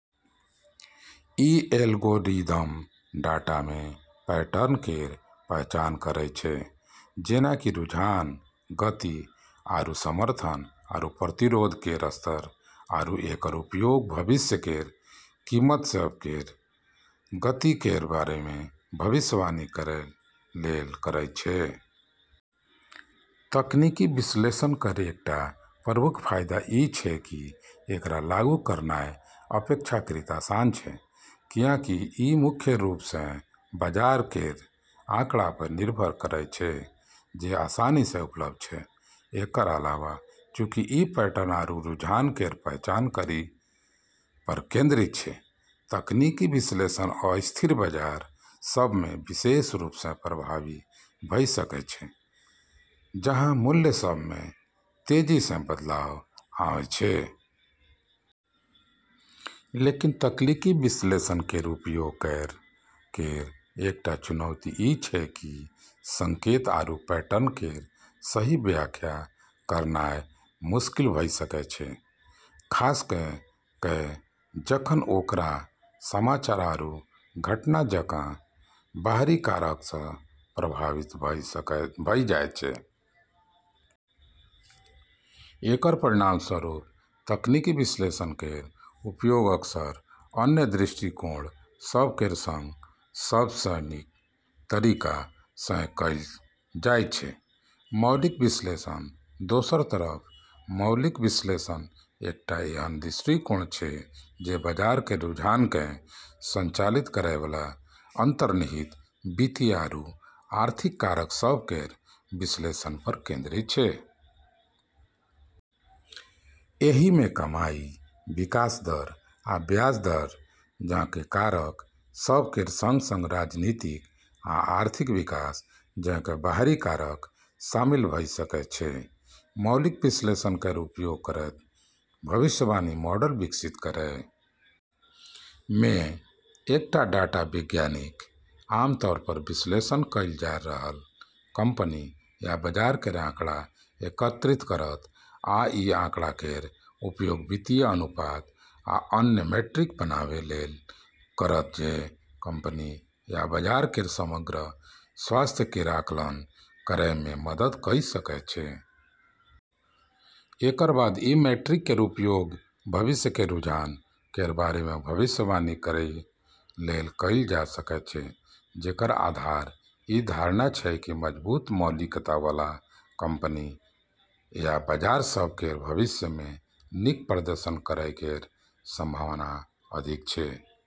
ई algorithm data मे pattern केर पहचान करैत छै, जेना कि रुझान, गति, आरू समर्थन आरू प्रतिरोध केर स्तर, आरू एकर उपयोग भविष्य केर कीमत सभ केर गति केर बारे मे भविष्यवाणी करै लेल करैत छै। तकनीकी विश्लेषण केर एकटा प्रमुख फायदा ई छै कि एकरा लागू करनाय अपेक्षाकृत आसान छै, कियाक ई मुख्य रूप सँ बाजार केर आँकड़ा पर निर्भर करैत छै जे आसानी सँ उपलब्ध छै। एकर अलावा, चूंकि ई पैटर्न आरू रुझान केर पहचान करै पर केंद्रित छै, तकनीकी विश्लेषण अस्थिर बाजार सभ मे विशेष रूप सँ प्रभावी भऽ सकैत छै, जहाँ मूल्य सभ मे तेजी सँ बदलाव आम छै। लेकिन तकनीकी विश्लेषण केर उपयोग करै केर एकटा चुनौती ई छै कि संकेत आरू पैटर्न केर सही व्याख्या करनाय मुश्किल भऽ सकैत छै, खास कऽ कऽ जखन ओकरा समाचार आरू घटना जकाँ बाहरी कारक सँ प्रभावित भऽ जाइत छै। एकर परिणामस्वरूप तकनीकी विश्लेषण केर उपयोग अक्सर अन्य दृष्टिकोण सभ केर सँग सब सँ नीक तरीका सँ कएल जाइत छै। मौलिक विश्लेषण दोसर तरफ मौलिक विश्लेषण एकटा एहन दृष्टिकोण छै जे बाजार केर रुझान केँ संचालित करै बला अंतर्निहित वित्तीय आरू आर्थिक कारक सभ केर विश्लेषण पर केंद्रित छै। एहि मे कमाई, विकास दर, आ ब्याज दर जकाँ कारक सभ केर सँग-सँग राजनीतिक आ आर्थिक विकास जकाँ बाहरी कारक शामिल भऽ सकैत छै। मौलिक विश्लेषण केर उपयोग करैत भविष्यवाणी मॉडल विकसित करै मे, एकटा डाटा वैज्ञानिक आम तौर पर विश्लेषण कएल जा रहल कंपनी या बाजार केर आँकड़ा एकत्रित करत, आ ई आँकड़ा केर उपयोग वित्तीय अनुपात आ अन्य मीट्रिक बनाबै लेल करत जे कंपनी या बाजार केर समग्र स्वास्थ्य केर आकलन करै मे मदद कऽ सकैत छै। एकर बाद ई मीट्रिक केर उपयोग भविष्य केर रुझान केर बारे मे भविष्यवाणी करै लेल कएल जा सकैत छै, जेकर आधार ई धारणा छै कि मजबूत मौलिकता बला कंपनी या बाजार सभ केर भविष्य मे नीक प्रदर्शन करै केर संभावना अधिक छै।